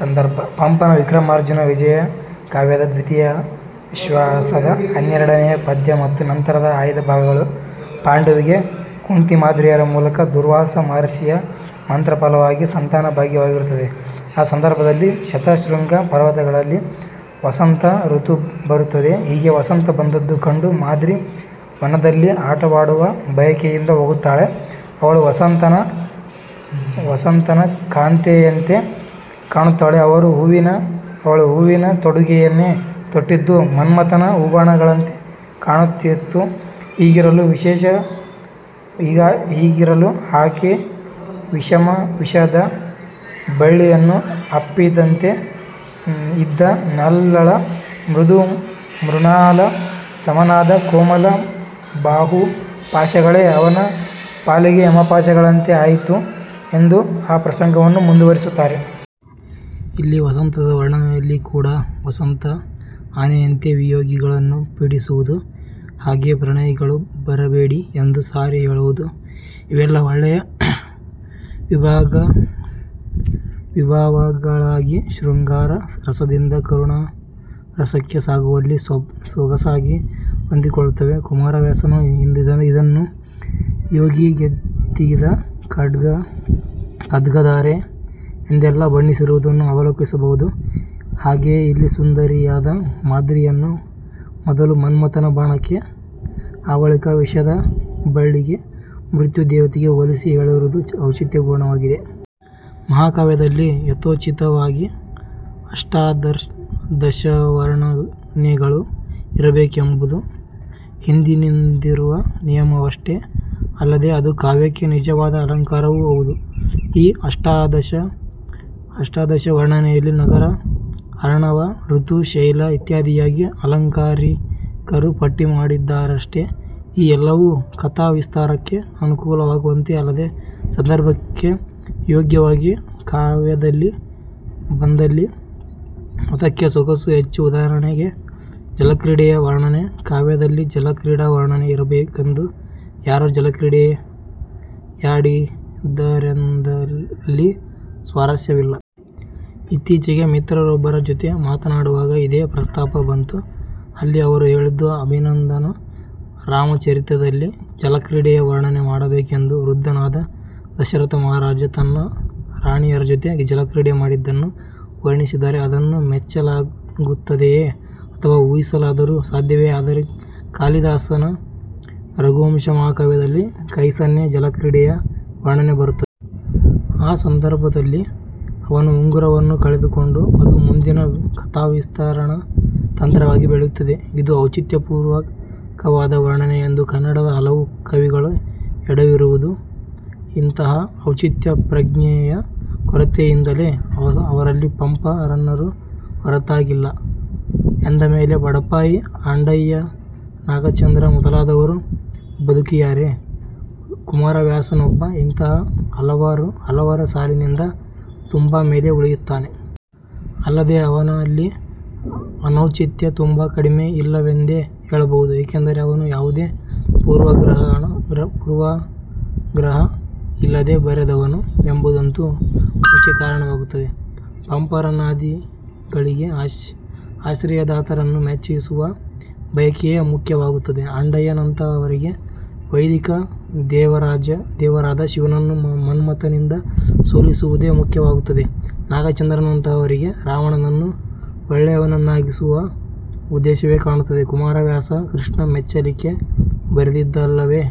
ಸಂದರ್ಭ: ಪಂಪನ ವಿಕ್ರಮಾರ್ಜುನ ವಿಜಯ ಕಾವ್ಯದ ದ್ವಿತೀಯಾಶ್ವಾಸದ ಹನ್ನೆರಡನೆಯ ಪದ್ಯ ಮತ್ತು ನಂತರದ ಆಯ್ದ ಭಾಗಗಳು- ಪಾಂಡುವಿಗೆ ಕುಂತಿಮಾದ್ರಿಯರ ಮೂಲಕ ದೂರ್ವಾಸ ಮಹರ್ಷಿಯ ಮಂತ್ರಫಲವಾಗಿ ಸಂತಾನಭಾಗ್ಯವಾಗಿರುತ್ತದೆ. ಆ ಸಂದರ್ಭದಲ್ಲಿ ಶತಶೃಂಗ ಪರ್ವತಗಳಲ್ಲಿ ವಸಂತ ಋತು ಬರುತ್ತದೆ. ಹೀಗೆ ವಸಂತ ಬಂದದ್ದು ಕಂಡು ಮಾದ್ರಿ ವನದಲ್ಲಿ ಆಟವಾಡುವ ಬಯಕೆಯಿಂದ ಹೋಗುತ್ತಾಳೆ ಅವಳು ವಸಂತನ ಕಾಂತೆಯಂತೆ ಕಾಣುತ್ತಾಳೆ ಅವಳು ಹೂವಿನ ತೊಡುಗೆಯನ್ನೇ ತೊಟ್ಟಿದ್ದು ಮನ್ಮಥನ ಹೂಬಾಣಗಳಂತೆ ಕಾಣುತ್ತಿತ್ತು ಹೀಗಿರಲು ಹಾಗೆ ವಿಷಮ ವಿಷದ ಬಳ್ಳಿಯನ್ನು ಅಪ್ಪಿದಂತೆ ಇದ್ದ ನಲ್ಲಳ ಮೃದು ಮೃಣಾಲ ಸಮನಾದ ಕೋಮಲ ಬಾಹುಪಾಶಗಳೇ ಅವನ ಪಾಲಿಗೆ ಯಮಪಾಶಗಳಂತೆ ಆಯಿತು ಎಂದು ಆ ಪ್ರಸಂಗವನ್ನು ಮುಂದುವರೆಸುತ್ತಾನೆ. ಇಲ್ಲಿ ವಸಂತದ ವರ್ಣನೆಯಲ್ಲಿ ಕೂಡ ವಸಂತ ಆನೆಯಂತೆ ವಿಯೋಗಿಗಳನ್ನು ಪೀಡಿಸುವುದು ಹಾಗೇ ಪ್ರಣಯಿಗಳು ಬರಬೇಡಿ ಎಂದು ಸಾರಿ ಹೇಳುವುದು ಇವೆಲ್ಲ ಒಳ್ಳೆಯ ವಿಭಾವಗಳಾಗಿ ಶೃಂಗಾರ ರಸದಿಂದ ಕರುಣಾರಸಕ್ಕೆ ಸಾಗುವಲ್ಲಿ ಸೊಗಸಾಗಿ ಹೊಂದಿಕೊಳ್ಳುತ್ತವೆ.. ಕುಮಾರವ್ಯಾಸನೂ ಇದನ್ನು ಯೋಗಿಗೆತ್ತಿದ ಖದ್ಗಧಾರೆ ಎಂದೆಲ್ಲ ಬಣ್ಣಿಸಿರುವುದನ್ನು ಅವಲೋಕಿಸಬಹುದು. ಹಾಗೆಯೇ ಇಲ್ಲಿ ಸುಂದರಿಯಾದ ಮಾದ್ರಿಯನ್ನು ಮೊದಲು ಮನ್ಮಥನ ಬಾಣಕ್ಕೆ ಆಬಳಿಕ ವಿಷದ ಬಳ್ಳಿಗೆ ಮೃತ್ಯು ದೇವತೆಗೆ ಹೋಲಿಸಿ ಹೇಳಿರುವುದು ಔಚಿತ್ಯಪೂರ್ಣವಾಗಿದೆ. ಮಹಾಕಾವ್ಯದಲ್ಲಿ ಯಥೋಚಿತವಾಗಿ ಅಷ್ಟಾದಶವರ್ಣನೆಗಳು ಇರಬೇಕೆಂಬುದು ಹಿಂದಿನಿಂದಿರುವ ನಿಯಮವಷ್ಟೇ ಅಲ್ಲದೆ ಅದು ಕಾವ್ಯಕ್ಕೆ ನಿಜವಾದ ಅಲಂಕಾರವೂ ಅಹುದು. ಈ ಅಷ್ಟಾದಶ ವರ್ಣನೆಗಳಲ್ಲಿ ನಗರ, ಅರ್ಣವ, ಋತು, ಶೈಲ ಇತ್ಯಾದಿಯಾಗಿ ಆಲಂಕಾರಿಕರು ಪಟ್ಟಿ ಮಾಡಿದ್ದಾರಷ್ಟೆ. ಈ ಎಲ್ಲವೂ ಕಥಾವಿಸ್ತಾರಕ್ಕೆ ಅನುಕೂಲವಾಗುವಂತೆ ಅಲ್ಲದೇ ಸಂದರ್ಭಕ್ಕೆ ಯೋಗ್ಯವಾಗಿ ಕಾವ್ಯದಲ್ಲಿ ಬಂದಲ್ಲಿ ಅದಕ್ಕೆ ಸೊಗಸು ಹೆಚ್ಚು. ಉದಾಹರಣೆಗೆ ಜಲಕ್ರೀಡೆಯ ವರ್ಣನೆ- ಕಾವ್ಯದಲ್ಲಿ ಜಲಕ್ರೀಡಾ ವರ್ಣನೆ ಇರಬೇಕೆಂದು ಯಾರೋ ಜಲಕ್ರೀಡೆಯಾಡಿದರೆಂದಲ್ಲಿ ಸ್ವಾರಸ್ಯವಿಲ್ಲ. ಇತ್ತೀಚೆಗೆ ಮಿತ್ರರೊಬ್ಬರ ಜೊತೆ ಮಾತನಾಡುವಾಗ ಇದೇ ಪ್ರಸ್ತಾಪ ಬಂತು- ಅಲ್ಲಿ ಅವರು ಹೇಳಿದ್ದು-ಅಭಿನಂದನ ರಾಮಚರಿತದಲ್ಲಿ-ಜಲಕ್ರೀಡೆಯ ವರ್ಣನೆ ಮಾಡಬೇಕೆಂದು ವೃದ್ಧನಾದ ದಶರಥಮಹಾರಾಜ ತನ್ನ ರಾಣಿಯರ ಜೊತೆ ಜಲಕ್ರೀಡೆಯಾಡಿದ್ದನ್ನು ವರ್ಣಿಸಿದರೆ ಅದನ್ನು ಮೆಚ್ಚಲಾಗುತ್ತದೆಯೇ! ಅಥವಾ ಊಹಿಸಲಾದರೂ ಸಾಧ್ಯವೇ? ಆದರೆ ಕಾಲಿದಾಸನ ರಘುವಂಶ ಮಹಾಕಾವ್ಯದಲ್ಲಿ ಕೈಸನ್ನೆ ಜಲಕ್ರೀಡೆಯ ವರ್ಣನೆ ಬರುತ್ತದೆ. ಆ ಸಂದರ್ಭದಲ್ಲೇ ಅವನು ಉಂಗುರವನ್ನು ಕಳೆದುಕೊಂಡು ಅದು ಮುಂದಿನ ಕಥಾವಿಸ್ತರಣ ತಂತ್ರವಾಗಿ ಬೆಳೆಯುತ್ತದೆ. ಇದು ಔಚಿತ್ಯಪೂರ್ವಕವಾದ ವರ್ಣನೆ ಎಂದು. ಕನ್ನಡದ ಹಲವು ಕವಿಗಳು ಎಡವಿರುವುದು ಇಂತಹ ಔಚಿತ್ಯಪ್ರಜ್ಞೆಯ ಕೊರತೆಯಿಂದಲೇ, ಅವರಲ್ಲಿ ಪಂಪ ರನ್ನರೂ ಹೊರತಾಗಿಲ್ಲ ಎಂದಮೇಲೆ ಬಡಪಾಯಿ ಆಂಡಯ್ಯನಾಗಚಂದ್ರ ಮೊದಲಾದವರು ಬದುಕಿಯಾರೇ! ಕುಮಾರವ್ಯಾಸನೊಬ್ಬ ಇಂತಹ ಹಲವರ ಸಾಲಿನಿಂದ ತುಂಬಾ ಮೇಲೇ ಉಳಿಯುತ್ತಾನೆ. ಅಲ್ಲದೇ ಅವನಲ್ಲಿ ಅನೌಚಿತ್ಯ ತುಂಬಾ ಕಡಿಮೆ-ಇಲ್ಲವೆಂದೇ ಹೇಳಬಹುದು. ಏಕೆಂದರೆ ಅವನು ಯಾವುದೇ ಪೂರ್ವಾಗ್ರಹ ಇಲ್ಲದೇ ಬರೆದವನು ಎಂಬುದಂತೂ ಮುಖ್ಯ ಕಾರಣವಾಗುತ್ತದೆ. ಪಂಪರನ್ನಾದಿಗಳಿಗೆ ಆಶ್ರಯದಾತರನ್ನು ಮೆಚ್ಚಿಸುವ ಬಯಕೆಯೇ ಮುಖ್ಯವಾಗುತ್ತದೆ, ಆಂಡಯ್ಯನಂತಹವರಿಗೆ ವೈದಿಕದೇವರಾದ ಶಿವನನ್ನು ಮನ್ಮಥನಿಂದ ಸೋಲಿಸುವುದೇ ಮುಖ್ಯವಾಗುತ್ತದೆ. ನಾಗಚಂದ್ರನಂತಹವರಿಗೆ ರಾವಣನನ್ನು ಒಳ್ಳೆಯವನನ್ನಾಗಿಸುವ ಉದ್ದೇಶವೇ ಕಾಣುತ್ತದೆ. ಕುಮಾರವ್ಯಾಸ 'ಕೃಷ್ಣ ಮೆಚ್ಚಲಿಕೆ'ಬರೆದದ್ದಲ್ಲವೇ.